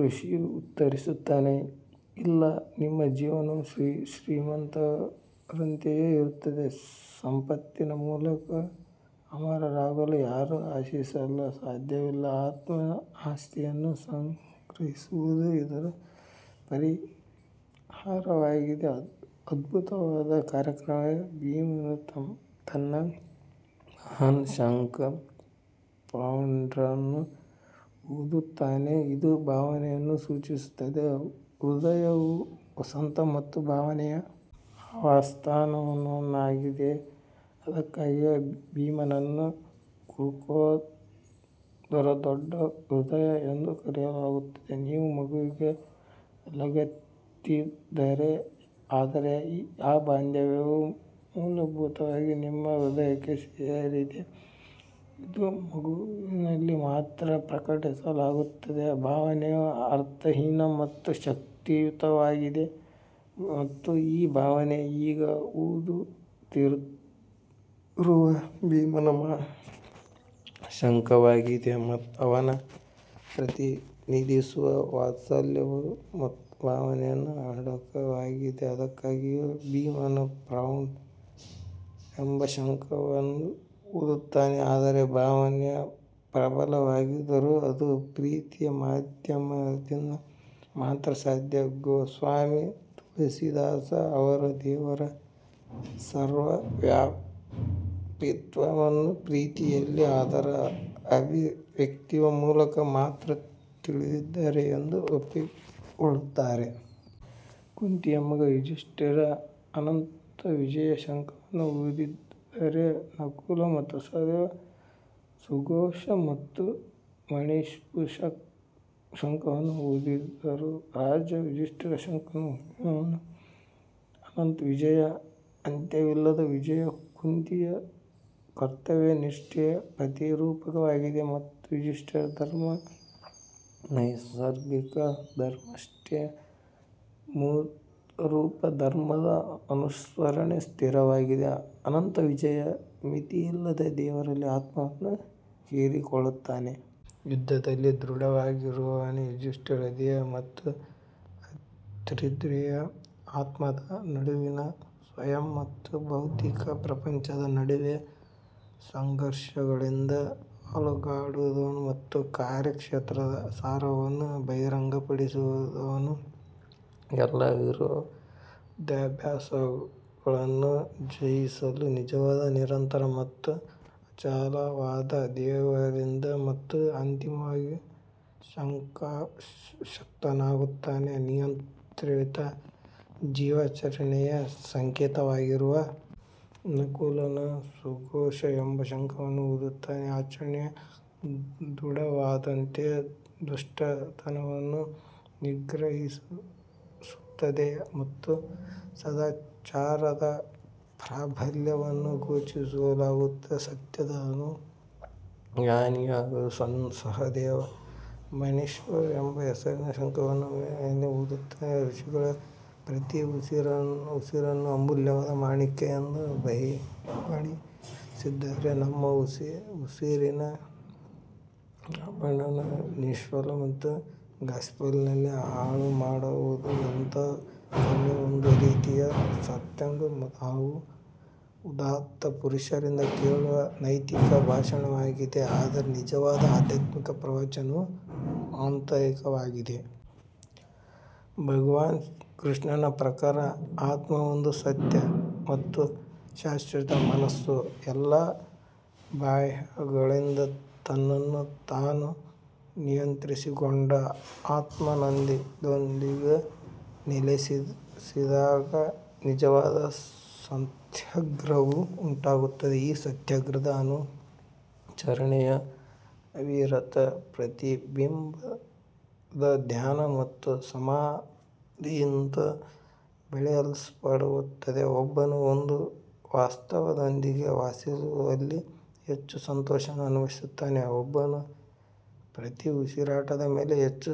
ಋಷಿ ಉತ್ತರಿಸುತ್ತಾನೆ ಇಲ್ಲ ನಿಮ್ಮ ಜೀವನವು ಶ್ರೀಮಂತರಂತೆಯೇ ಇರುತ್ತದೆ ಸಂಪತ್ತಿನ ಮೂಲಕ ಅಮರರಾಗಲು ಯಾರೂ ಆಶಿಸಲು ಸಾಧ್ಯವಿಲ್ಲ ಆತ್ಮ ಆಸ್ತಿಯನ್ನು ಸಂಗ್ರಹಿಸುವುದು ಇದರ ಪರಿಹಾರವಾಗಿದೆ ಅದ್ಭುತವಾದ ಕಾರ್ಯಗಳ ಭೀಮನು ತನ್ನ ಮಹಾನ್ ಶಂಖ ಪೌಂಡ್ರನ್ನು ಊದುತ್ತಾನೆ, ಇದು ಭಾವನೆಯನ್ನು ಸೂಚಿಸುತ್ತದೆ ಹೃದಯವು ವಸಂತ ಮತ್ತು ಭಾವನೆಯ ಆವಾಸಸ್ಥಾನವಾಗಿದೆ ಅದಕ್ಕಾಗಿಯೇ ಭೀಮನನ್ನು ವೃಕೋದರ ದೊಡ್ಡ ಹೃದಯ ಎಂದು ಕರೆಯಲಾಗುತ್ತದೆ ನೀವು ಮಗುವಿಗೆ ಲಗತ್ತಿಸಿದ್ದೀರಿ ಆದರೆ ಆ ಬಾಂಧವ್ಯವು ಮೂಲಭೂತವಾಗಿ ನಿಮ್ಮ ಹೃದಯಕ್ಕೆ ಸೇರಿದೆ ಇದು ಮಗುವಿನಲ್ಲಿ ಮಾತ್ರ ಪ್ರಕಟವಾಗುತ್ತದೆ ಭಾವನೆಯು ಅರ್ಥಹೀನ ಮತ್ತು ಶಕ್ತಿಯುತವಾಗಿದೆ ಮತ್ತು ಈ ಭಾವನೆಯು ಈಗ ಊದುತ್ತಿರುವ ಭೀಮನ ಮಹಾ ಶಂಖವಾಗಿದೆ ಅವನು ಪ್ರತಿನಿಧಿಸುವ ವಾತ್ಸಲ್ಯವು ಭಾವನೆಯಲ್ಲಿ ಅಡಕವಾಗಿದೆ ಅದಕ್ಕಾಗಿಯೇ ಭೀಮನು ಪೌಂಡ್ರ್ ಎಂಬ ಶಂಖವನ್ನು ಊದುತ್ತಾನೆ ಆದರೆ ಭಾವನೆಯು ಪ್ರಬಲವಾಗಿದ್ದರೂ ಅದು ಪ್ರೀತಿಯ ಮಾಧ್ಯಮದಿಂದ ಮಾತ್ರ ಸಾಧ್ಯ ಗೋಸ್ವಾಮಿ ತುಳಸಿದಾಸ್ ಅವರು ದೇವರ ಸರ್ವವ್ಯಾಪಿತ್ವವನ್ನು ಪ್ರೀತಿಯಲ್ಲಿ ಅದರ ಅಭಿವ್ಯಕ್ತಿಯ ಮೂಲಕ ಮಾತ್ರ ತಿಳಿದಿದ್ದಾರೆ ಎಂದು ಒಪ್ಪಿಕೊಳ್ಳುತ್ತಾರೆ. ಕುಂತಿಯ ಮಗ ರಾಜ ಯುಧಿಷ್ಠರ್ ಅನಂತವಿಜಯ ಶಂಖವನ್ನು ಊದಿದರೆ ನಕುಲ್ ಮತ್ತು ಸಹದೇವ ಸುಘೋಷ ಮತ್ತು ಮಣಿಪುಷ್ಪಕ ಶಂಖಗಳನ್ನು ಊದಿದರು. ರಾಜ ಯುಧಿಷ್ಠಿರನು ಶಂಖವನ್ನು ಊದಿದನು ಅನಂತವಿಜಯ ಅಂತ್ಯವಿಲ್ಲದ ವಿಜಯ ಕುಂತಿಯು ಕರ್ತವ್ಯನಿಷ್ಠೆಯ ಪ್ರತಿರೂಪವಾಗಿದೆ ಮತ್ತು ಯುಧಿಷ್ಠಿರನು ಧರ್ಮ ನೈಸರ್ಗಿಕ ಧರ್ಮನಿಷ್ಠೆಯ ಮೂರ್ತರೂಪ ಧರ್ಮದ ಅನುಸರಣೆ ಸ್ಥಿರವಾಗಿದ್ದರೆ ಅನಂತವಿಜಯನು ಮಿತಿಯಿಲ್ಲದ ದೇವರಲ್ಲಿ ಆತ್ಮವನ್ನು ಹೀರಿಕೊಳ್ಳುತ್ತಾನೆ. ಯುದ್ಧದಲ್ಲಿ ದೃಢವಾಗಿರುವವನು ಯುಧಿಷ್ಠಿರನು ದೇಹ ಮತ್ತು ಅತೀಂದ್ರಿಯ ಆತ್ಮದ ನಡುವಿನ ಸ್ವಯಂ ಮತ್ತು ಭೌತಿಕ ಪ್ರಪಂಚದ ನಡುವಿನ ಸಂಘರ್ಷಗಳಿಂದ ಅಲುಗಾಡದವನು ಮತ್ತು ಕಾರ್ಯಕ್ಷೇತ್ರದ ಸಾರವನ್ನು ಬಹಿರಂಗಪಡಿಸಿದವನು. ಎಲ್ಲಾ ವಿರೋಧಾಭಾಸಗಳನ್ನು ಜಯಿಸಲು ನಿಜವಾದ ನಿರಂತರ ಮತ್ತು ಅಚಲವಾದ ದೇವರಿಂದ ಅವನು ಅಂತಿಮವಾಗಿ ಶಕ್ತನಾಗುತ್ತಾನೆ. ನಿಯಂತ್ರಿತ ಜೀವನಾಚರಣೆಯ ಸಂಕೇತವಾಗಿರುವ ನಕುಲನು ಸುಘೋಷ ಎಂಬ ಶಂಖವನ್ನು ಊದುತ್ತಾನೆ ಆಚರಣೆಯು ದೃಢವಾದಂತೆ ದುಷ್ಟತನವನ್ನು ನಿಗ್ರಹಿಸುತ್ತದೆ ಮತ್ತು ಸದಾಚಾರದ ಪ್ರಾಬಲ್ಯವನ್ನು ಘೋಷಿಸಲಾಗುತ್ತದೆ ಸತ್ಯದ ಅನುಯಾಯಿಯಾದ ಸಹದೇವ ಮಣಿಪುಷ್ಪಕ ಎಂಬ ಹೆಸರಿನ ಶಂಖದ ಮೇಲೆ ಊದುತ್ತಾನೆ ಋಷಿಗಳು ಪ್ರತಿ ಉಸಿರನ್ನು ಅಮೂಲ್ಯವಾದ ಮಾಣಿಕ್ಯ ಎಂದು ಬಣ್ಣಿಸಿದ್ದಾರೆ ನಮ್ಮ ಉಸಿರಿನ ಆಭರಣಗಳನ್ನು ನಿಷ್ಫಲವಾದ ಗಾಸಿಪ್ನಲ್ಲಿ ಹಾಳುಮಾಡುವುದು ಎಂತಹ ಕರುಣೆ ಒಂದು ರೀತಿಯ ಸತ್ಸಂಗವು ನಾವು ಉದಾತ್ತ ಪುರುಷರಿಂದ ಕೇಳುವ ನೈತಿಕ ಭಾಷಣವಾಗಿದೆ ಆದರೆ ನಿಜವಾದ ಆಧ್ಯಾತ್ಮಿಕ ಪ್ರವಚನವು ಆಂತರಿಕವಾಗಿದೆ. ಭಗವಾನ್ ಕೃಷ್ಣನ ಪ್ರಕಾರ ಆತ್ಮವೊಂದೇ ಸತ್ಯ ಮತ್ತು ಶಾಶ್ವತ ಮನಸ್ಸು ಎಲ್ಲಾ ಬಾಹ್ಯಗಳಿಂದ ತನ್ನನ್ನು ತಾನು ನಿಯಂತ್ರಿಸಿಕೊಂಡು ಆತ್ಮದೊಂದಿಗೆ ನೆಲೆಸಿದಾಗ ನಿಜವಾದ ಸತ್ಸಂಗವು ಉಂಟಾಗುತ್ತದೆ ಈ ಸತ್ಯದ ಅನುಸರಣೆಯು ಅವಿರತ ಪ್ರತಿಬಿಂಬದ ಧ್ಯಾನ ಮತ್ತು ಸಮಾಧಿಯಿಂದ ಬೆಳೆಸಲ್ಪಡುತ್ತದೆ, ಒಬ್ಬನು ಒಂದು ವಾಸ್ತವದೊಂದಿಗೆ ವಾಸಿಸುವಲ್ಲಿ ಹೆಚ್ಚು ಸಂತೋಷವನ್ನು ಅನುಭವಿಸುತ್ತಾನೆ, ಒಬ್ಬನು ಪ್ರತಿ ಉಸಿರಾಟದ ಮೇಲೆ ಹೆಚ್ಚು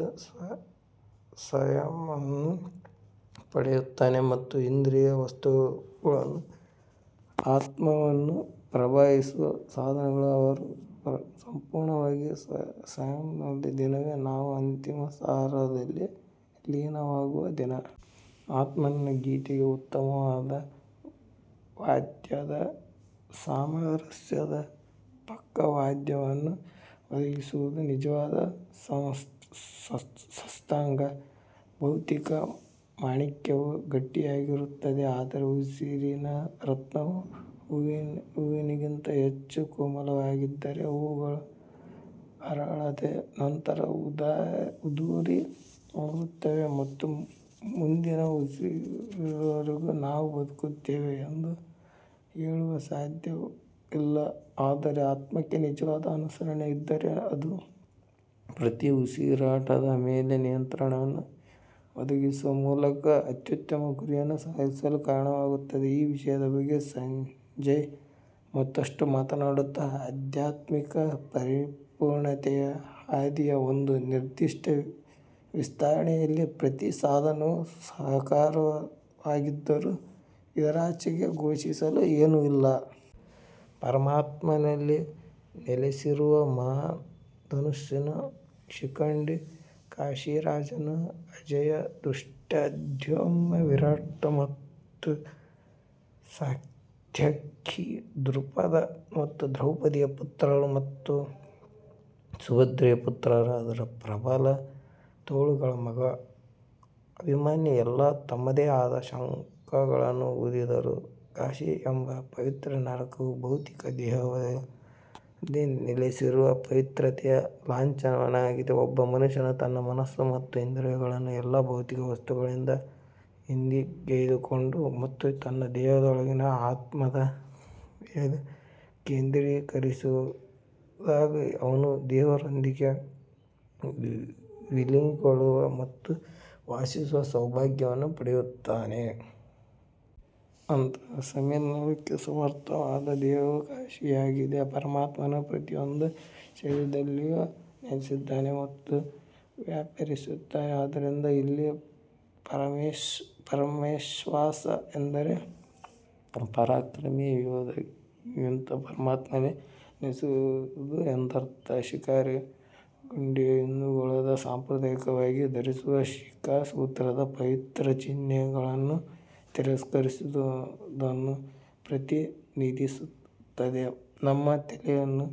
ಸಂಯಮವನ್ನು ಪಡೆಯುತ್ತಾನೆ ಮತ್ತು ಇಂದ್ರಿಯ ವಸ್ತುಗಳು ಆತ್ಮವನ್ನು ಪ್ರಭಾವಿಸುವ ಸಾಧನಗಳು ಅವರು ಸಂಪೂರ್ಣವಾಗಿ ಸಂಯಮದಲ್ಲಿರುವ ದಿನವೇ ನಾವು ಅಂತಿಮ ಸಾರದಲ್ಲಿ ಲೀನವಾಗುವ ದಿನ. ಆತ್ಮನ ಗೀತೆಗೆ ಉತ್ತಮವಾದ ವಾದ್ಯದ ಸಾಮರಸ್ಯದ ಪಕ್ಕವಾದ್ಯವನ್ನು ಒದಗಿಸುವುದು ನಿಜವಾದ ಸತ್ಸಂಗ. ಭೌತಿಕ ಮಾಣಿಕ್ಯವು ಗಟ್ಟಿಯಾಗಿರುತ್ತದೆ ಆದರೆ ಉಸಿರಿನ ರತ್ನವು ಹೂವಿನಿಗಿಂತ ಹೆಚ್ಚು ಕೋಮಲವಾಗಿದೆ ಹೂವುಗಳು ಅರಳಿದ ನಂತರ ಉದುರಿ ಒಣಗುತ್ತವೆ ಮತ್ತು ಮುಂದಿನ ಉಸಿರಿನವರೆಗೂ ನಾವು ಬದುಕುತ್ತೇವೆ ಎಂದು ಹೇಳಲು ಸಾಧ್ಯವಿಲ್ಲ ಆದರೆ ಆತ್ಮಕ್ಕೆ ನಿಜವಾದ ಅನುಸರಣೆ ಇದ್ದರೆ ಅದು ಪ್ರತಿ ಉಸಿರಾಟದ ಮೇಲೆ ನಿಯಂತ್ರಣವನ್ನು ಒದಗಿಸುವ ಮೂಲಕ ಅತ್ಯುನ್ನತ ಗುರಿಯನ್ನು ಸಾಧಿಸಲು ಕಾರಣವಾಗುತ್ತದೆ ಈ ವಿಷಯದ ಬಗ್ಗೆ ಸಂಜಯ್ ಮತ್ತಷ್ಟು ಮಾತನಾಡುತ್ತಾ, ಆಧ್ಯಾತ್ಮಿಕ ಪರಿಪೂರ್ಣತೆಯ ಹಾದಿಯ ಒಂದು ನಿರ್ದಿಷ್ಟ ವಿಸ್ತರಣೆಯಲ್ಲಿ ಪ್ರತಿ ಸಾಧನವು ಸಹಾಯಕವಾಗಿದ್ದರೂ ಇದರಾಚೆಗೆ ಘೋಷಿಸಲು ಏನೂ ಇಲ್ಲ. ಪರಮಾತ್ಮನಲ್ಲಿ ನೆಲೆಸಿರುವ ಮಹಾನ್ ಧನುಸ್ಸಿನ ಶಿಖಂಡಿ ಕಾಶಿರಾಜನು ಅಜೇಯ ಧೃಷ್ಟದ್ಯುಮ್ನ ವಿರಾಟ್ ಮತ್ತು ಸಾತ್ಯಕಿ ದ್ರುಪದ್ ಮತ್ತು ದ್ರೌಪದಿಯ ಪುತ್ರರು ಮತ್ತು ಸುಭದ್ರೆಯ ಪುತ್ರರಾದ ಪ್ರಬಲ ತೋಳುಗಳ ಮಗ ಅಭಿಮನ್ಯು ಎಲ್ಲರೂ ತಮ್ಮದೇ ಆದ ಶಂಖಗಳನ್ನು ಊದಿದರು. ಕಾಶಿ ಎಂಬ ಪವಿತ್ರ ನಗರವು ಭೌತಿಕ ದೇಹದಲ್ಲಿ ನೆಲೆಸಿರುವ ಪವಿತ್ರತೆಯ ಲಾಂಛನವಾಗಿದೆ ಒಬ್ಬ ಮನುಷ್ಯನು ತನ್ನ ಮನಸ್ಸು ಮತ್ತು ಇಂದ್ರಿಯಗಳನ್ನು ಎಲ್ಲಾ ಭೌತಿಕ ವಸ್ತುಗಳಿಂದ ಹಿಂತೆಗೆದುಕೊಂಡಾಗ ಮತ್ತು ತನ್ನ ದೇಹದೊಳಗಿನ ಆತ್ಮದ ಮೇಲೆ ಕೇಂದ್ರೀಕರಿಸಿದಾಗ ಅವನು ದೇವರೊಂದಿಗೆ ವಿಲೀನಗೊಳ್ಳಲು ಮತ್ತು ವಾಸಿಸುವ ಸೌಭಾಗ್ಯವನ್ನು ಪಡೆಯುತ್ತಾನೆ. ಅಂತಹ ಸಮ್ಮಿಲನಕ್ಕೆ ಸಮರ್ಥವಾದ ದೇಹವು ಕಾಶಿಯಾಗಿದೆ ಪರಮಾತ್ಮನು ಪ್ರತಿಯೊಂದು ಶರೀರದಲ್ಲಿಯೂ ನೆಲೆಸಿದ್ದಾನೆ ಮತ್ತು ವ್ಯಾಪಿಸಿರುತ್ತಾನೆ ಆದ್ದರಿಂದ ಇಲ್ಲಿ ಪರಮೇಶ್ವಾಸ ಎಂದರೆ ಪರಾಕ್ರಮಿ ಯೋಧನಿಗಿಂತ ಪರಮಾತ್ಮನಲ್ಲಿ ನೆಲೆಸುವುದು ಎಂದರ್ಥ. ಶಿಖಂಡಿಯು ಹಿಂದೂಗಳು ಸಾಂಪ್ರದಾಯಿಕವಾಗಿ ಧರಿಸುವ ಶಿಖಾ ಸೂತ್ರದ ಪವಿತ್ರ ಚಿಹ್ನೆಗಳನ್ನು ತಿರಸ್ಕರಿಸುವುದನ್ನು ಪ್ರತಿನಿಧಿಸುತ್ತದೆ ತಮ್ಮ ತಲೆಯನ್ನು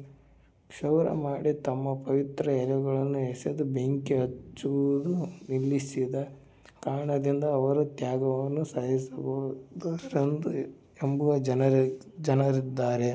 ಕ್ಷೌರ ಮಾಡಿ ತಮ್ಮ ಪವಿತ್ರ ಎಳೆಗಳನ್ನು ಎಸೆದು ಬೆಂಕಿ ಹಚ್ಚುವುದನ್ನು ನಿಲ್ಲಿಸಿದ ಕಾರಣದಿಂದ ಅವರು ತ್ಯಾಗವನ್ನು ಸಾಧಿಸಿದ್ದಾರೆಂದು ನಂಬುವ ಜನರಿದ್ದಾರೆ.